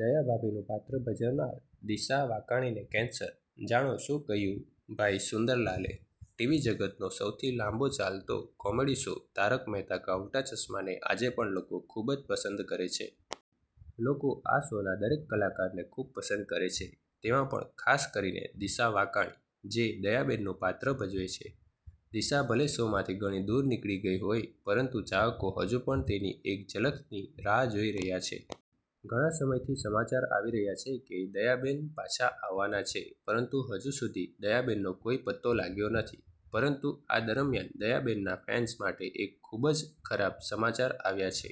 દયાભાભીનું પાત્ર ભજવનાર દિશા વાકાણીને કેન્સર? જાણો શું કહ્યું ભાઈ સુંદર લાલે: ટીવી જગતનો સૌથી લાંબો ચાલતો કોમેડી શો 'તારક મહેતા કા ઉલ્ટા ચશ્મા' ને આજે પણ લોકો ખુબ જ પસંદ કરે છે. લોકો આ શોના દરેક કલાકારને ખૂબ પસંદ કરે છે. તેમાં પણ ખાસ કરીને દિશા વાકાણી, જે દયાબેન નું પાત્ર ભજવે છે. દિશા ભલે શોમાંથી ઘણી દૂર નીકળી ગઈ હોય, પરંતુ ચાહકો હજુ પણ તેની એક ઝલકની રાહ જોઈ રહ્યા છે. ઘણા સમયથી સમાચાર આવી રહ્યા છે કે દયાબેન પાછા આવવાના છે પરંતુ હજુ સુધી દયાબેનનો કોઈ પત્તો લાગ્યો નથી. પરંતુ આ દરમિયાન દયાબેનના ફેન્સ માટે એક ખૂબ જ ખરાબ સમાચાર આવ્યા છે.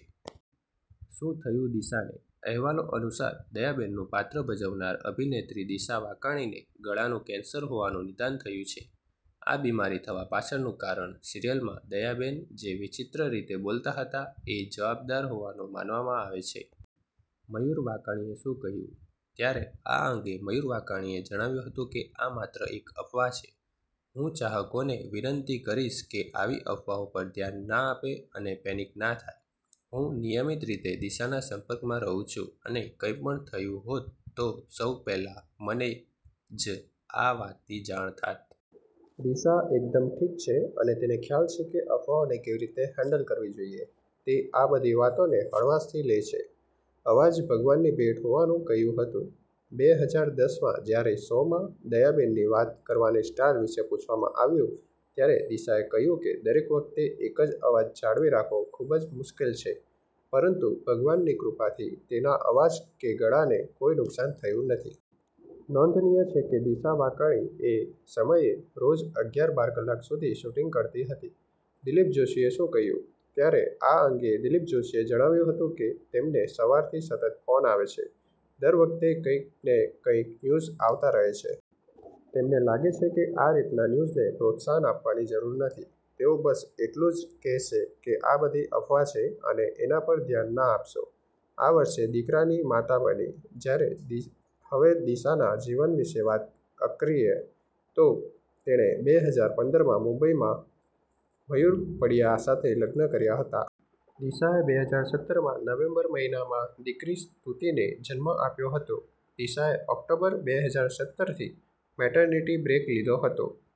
શું થયું દિશાને? અહેવાલો અનુસાર, દયાબેનનું પાત્ર ભજવનાર અભિનેત્રી દિશા વાકાણીને ગળાનું કેન્સર હોવાનું નિદાન થયું છે. આ બીમારી થવા પાછળનું કારણ સિરિયલમાં દયાબેન જે વિચિત્ર રીતે બોલતાં હતાં એ જવાબદાર હોવાનું માનવામાં આવે છે. મયૂર વાકાણીએ શું કહ્યું? ત્યારે આ અંગે મયૂર વાકાણીએ જણાવ્યું હતું કે, 'આ માત્ર એક અફવા છે. હું ચાહકોને વિનંતી કરીશ કે આવી અફવાઓ પર ધ્યાન ના આપે અને પેનિક ના થાય. હું નિયમિત રીતે દિશાના સંપર્કમાં રહું છું અને કંઈપણ થયું હોત તો સૌ પહેલા મને જ આ વાતની જાણ થાત. દિશા એકદમ ઠીક છે અને તેને ખ્યાલ છે કે અફવાઓને કેવી રીતે હેન્ડલ કરવી જોઈએ. તે આ બધી વાતોને હળવાશથી લે છે.' અવાજ ભગવાનની ભેટ હોવાનું કહ્યું હતું: બેહજાર દસ માં જ્યારે શોમાં દયાબેનની વાત કરવાની સ્ટાઈલ વિશે પૂછવામાં આવ્યું ત્યારે દિશાએ કહ્યું કે, દરેક વખતે એક જ અવાજ જાળવી રાખવો ખૂબ જ મુશ્કેલ છે, પરંતુ ભગવાનની કૃપાથી તેના અવાજ કે ગળાને કોઈ નુકસાન થયું નથી. નોંધનીય છે કે દિશા વાકાણી એ સમયે રોજ અગ્યાર-બાર કલાક સુધી શૂટિંગ કરતી હતી. દિલીપ જોષીએ શું કહ્યું? ત્યારે આ અંગે દિલીપ જોષીએ જણાવ્યું હતું કે, તેમને સવારથી સતત ફોન આવે છે. દર વખતે કંઈક ને કંઈક ન્યૂઝ આવતા રહે છે. તેમને લાગે છે કે આ રીતના ન્યૂઝને પ્રોત્સાહન આપવાની જરૂર નથી. તેઓ બસ એટલું જ કહેશે કે આ બધી અફવા છે અને એના પર ધ્યાન ના આપશો. આ વર્ષે દીકરાની માતા બની: ત્યારે હવે દિશાના જીવન વિશે વાત અક્રીએ તો, તેણે બેહજાર પંદર માં મુંબઈના મયૂર પડિયા સાથે લગ્ન કર્યા હતા. દિશાએ બેહજાર સત્તર માં નવેમ્બર મહિનામાં દીકરી સ્તુતિને જન્મ આપ્યો હતો. દિશાએ ઓક્ટોબર, બેહજાર સત્તરથી મૅટરનિટી બ્રેક લીધો હતો.